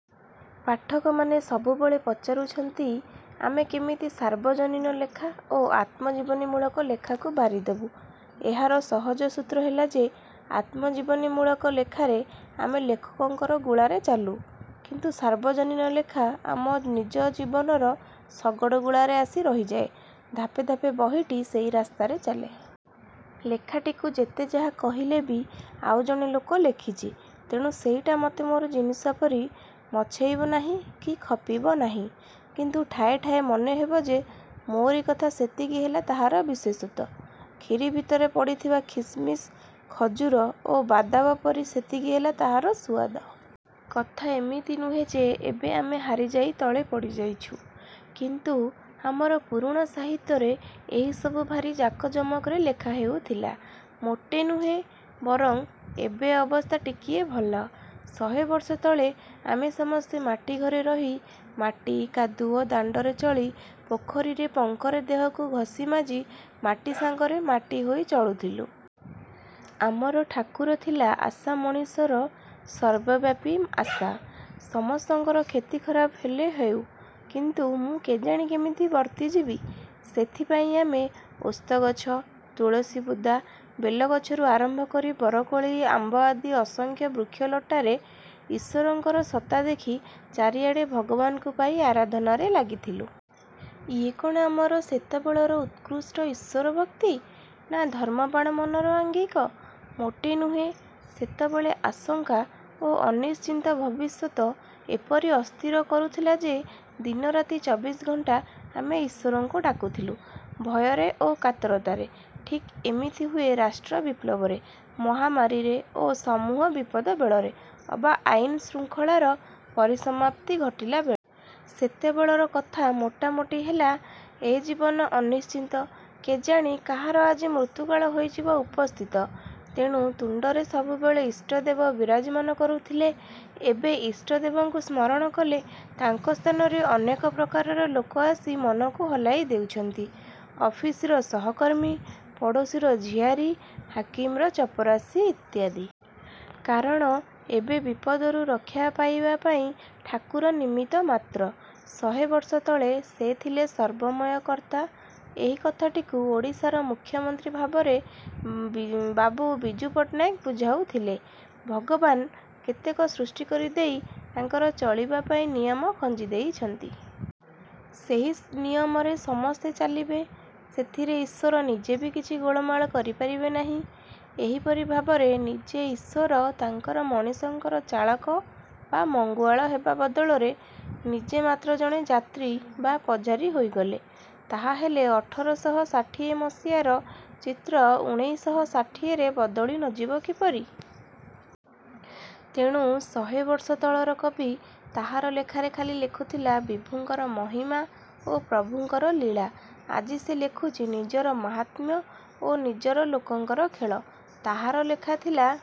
ପାଠକମାନେ ସବୁବେଳେ ପଚାରୁଛନ୍ତି ଆମେ କେମିତି ସାର୍ବଜନୀନ ଲେଖା ଓ ଆତ୍ମଜୀବନୀମୂଳକ ଲେଖାକୁ ବାରିଦେବୁ। ଏହାର ସହଜ ସୂତ୍ର ହେଲା ଯେ ଆତ୍ମଜୀବନୀମୂଳକ ଲେଖାରେ ଆମେ ଲେଖକଙ୍କର ଗୁଳାରେ ଚାଲୁ। କିନ୍ତୁ ସାର୍ବଜନୀନ ଲେଖା ଆମର ନିଜର ଜୀବନର ଶଗଡ଼ଗୁଳାରେ ଆସି ରହିଯାଏ। ଧାପେ ଧାପେ ବହିଟି ସେହି ରାସ୍ତାରେ ଚାଲେ। ଲେଖାଟିକୁ ଯେତେ ଯାହା କହିଲେ ବି ଆଉ ଜଣେ ଲୋକ ଲେଖିଛି। ତେଣୁ ସେଇଟା ମତେ ମୋର ଜିନିସ ପରି ମଛେଇବ ନାହିଁ କି ଖପିବ ନାହିଁ। କିନ୍ତୁ ଠାଏ ଠାଏ ମନେ ହେବ ଯେ ମୋରି କଥା ସେତିକି ହେଲା ତାହାର ବିଶେଷତ୍ୱ। ଖିରି ଭିତରେ ପଡ଼ିଥିବା କିସମିସ, ଖଜୁର ଓ ବାଦାବ ପରି ସେତିକି ହେଲା ତାହାର ସୁଆଦ। କଥା ଏମିତି ନୁହେଁ ଯେ ଏବେ ଆମେ ହାରି ଯାଇ ତଳେ ପଡ଼ିଯାଇଛୁ। କିନ୍ତୁ ଆମର ପୁରୁଣା ସାହିତ୍ୟରେ ଏହି ସବୁ ଭାରି ଜାକଜମକରେ ଲେଖା ହେଉଥିଲା। ମୋଟେ ନୁହେଁ। ବରଂ ଏବେ ଅବସ୍ଥା ଟିକିଏ ଭଲ। ଶହେବର୍ଷ ତଳେ ଆମେ ସମସ୍ତେ ମାଟି ଘରେ ରହି, ମାଟି କାଦୁଅ ଦାଣ୍ତରେ ଚଳି, ପୋଖରୀର ପଙ୍କରେ ଦେହକୁ ଘସିମାଜି, ମାଟି ସାଙ୍ଗରେ ମାଟି ହୋଇ ଚଳୁଥିଲୁ। ଆମର ଠାକୁର ଥିଲା ଆଶା ମଣିଷର ସର୍ବବ୍ୟାପୀ ଆଶା-ସମସ୍ତଙ୍କର କ୍ଷତିଖରାପ ହେଲେହେଉ। କିନ୍ତୁ ମୁଁ କେକାଣି କେମିତି ବର୍ତ୍ତିଯିବି। ସେଥିପାଇଁ ଆମେ ଓସ୍ତଗଛ, ତୁଳସି ବୁଦା, ବେଲ ଗଛରୁ ଆରମ୍ଭ କରି ବରକୋଳି ଆମ୍ୱ ଆଦି ଅସଂଖ୍ୟ ବୃକ୍ଷ ଲଟାରେ ଈଶ୍ୱରଙ୍କର ସତ୍ତା ଦେଖି ଚାରିଆଡ଼େ ଭଗବାନଙ୍କୁ ପାଇ ଆରାଧନାରେ ଲାଗିଥିଲୁ। ଇଏ କ'ଣ ଆମର ସେତେବେଳର ଉତ୍କୃଷ୍ଟ ଈଶ୍ୱରଭକ୍ତି ନା ଧର୍ମପ୍ରାଣ ମନର ଆଙ୍ଗିକ? ମୋଟେ ନୁହେଁ। ସେତେବେଳେ ଆଶଙ୍କା ଓ ଅନିଶ୍ଚିତ ଭବିଷ୍ୟତ ଏପରି ଅସ୍ଥିର କରୁଥିଲା ଯେ ଦିନରାତି ଚବିଶି ଘଣ୍ଟା ଆମେ ଈଶ୍ୱରଙ୍କୁ ଡାକୁଥିଲୁ-ଭୟରେ ଓ କାତରତାରେ। ଠିକ୍ ଏମିତି ହୁଏ ରାଷ୍ଟ୍ର ବିପ୍ଳବରେ, ମହାମାରୀରେ ଓ ସମୂହ ବିପଦ ବେଳରେ ଅବା ଆଇନ ଶୃଙ୍ଖଳାର ପରିସମାପ୍ତି ଘଟିଲା ବେଳେ। ସେତେବେଳର କଥା ମୋଟା ମୋଟି ହେଲା। ଏ ଜୀବନ ଅନିଶ୍ଚିତ କେଜାଣି କାହାର ଆଜି ମୃତ୍ୟୁକାଳ ହୋଇଯିବ ଉପସ୍ଥିତ। ତେଣୁ ତୁଣ୍ତରେ ସବୁବେଳେ ଇଷ୍ଟଦେବ ବିରାଜମାନ କରୁଥିଲେ। ଏବେ ଇଷ୍ଟଦେବଙ୍କୁ ସ୍ମରଣ କଲେ ତାଙ୍କ ସ୍ଥାନରେ ଅନେକ ପ୍ରକାରର ଲୋକ ଆସି ମନକୁ ହଲାଇ ଦେଉଛନ୍ତି-ଅଫିସର ସହକର୍ମୀ, ପଡ଼ୋଶୀର ଝିଆରୀ, ହାକିମର ଚପରାସି ଇତ୍ୟାଦି। କାରଣ ଏବେ ବିପଦରୁ ରକ୍ଷା ପାଇବା ପାଇଁ ଠାକୁର ନିମିତ୍ତ ମାତ୍ର। ଶହେବର୍ଷ ତଳେ ସେ ଥିଲେ ସର୍ବମୟ କର୍ତ୍ତା। ଏହି କଥାଟିକୁ ଓଡ଼ିଶାର ମୁଖ୍ୟମନ୍ତ୍ରୀ ଭାବରେ ବାବୁ ବିଜୁ ପଟ୍ଟନାୟକ ବୁଝାଉଥିଲେ। ଭଗବାନ କେତେକ ସୃଷ୍ଟି କରି ଦେଇ ତାଙ୍କର ଚଳିବା ପାଇଁ ନିୟମ ଖଞ୍ଜି ଦେଇଛନ୍ତି। ସେହି ନିୟମରେ ସମସ୍ତେ ଚାଲିବେ। ସେଥିରେ ଈଶ୍ୱର ନିଜେ ବି କିଛି ଗୋଳମାଳ କରିପାରିବେ ନାହିଁ। ଏହିପରି ଭାବରେ ନିଜେ ଈଶ୍ୱର ତାଙ୍କର ମଣିଷଙ୍କର ଚାଳକ ବା ମଙ୍ଗୁଆଳ ହେବା ବଦଳରେ ନିଜେ ମାତ୍ର ଜଣେ ଯାତ୍ରୀ ବା ପଝାରୀ ହୋଇଗଲେ। ତାହାହେଲେ ଅଠରଶହ ଷାଠିଏ ମସିହାର ଚିତ୍ର ଊଣେଇଶଶହ ଷାଠିଏରେ ବଦଳି ନ ଯିବ କିପରି? ତେଣୁ ଶହେବର୍ଷ ତଳର କବି ତାହାର ଲେଖାରେ ଖାଲି ଲେଖୁଥିଲା ବିଭୁଙ୍କର ମହିମା ଓ ପ୍ରଭୁଙ୍କର ଲୀଳା। ଆଜି ସେ ଲେଖୁଛି ନିଜର ମାହାତ୍ମ୍ୟ ଓ ନିଜର ଲୋକଙ୍କର ଖେଳ। ତାହାର ଲେଖା ଥିଲା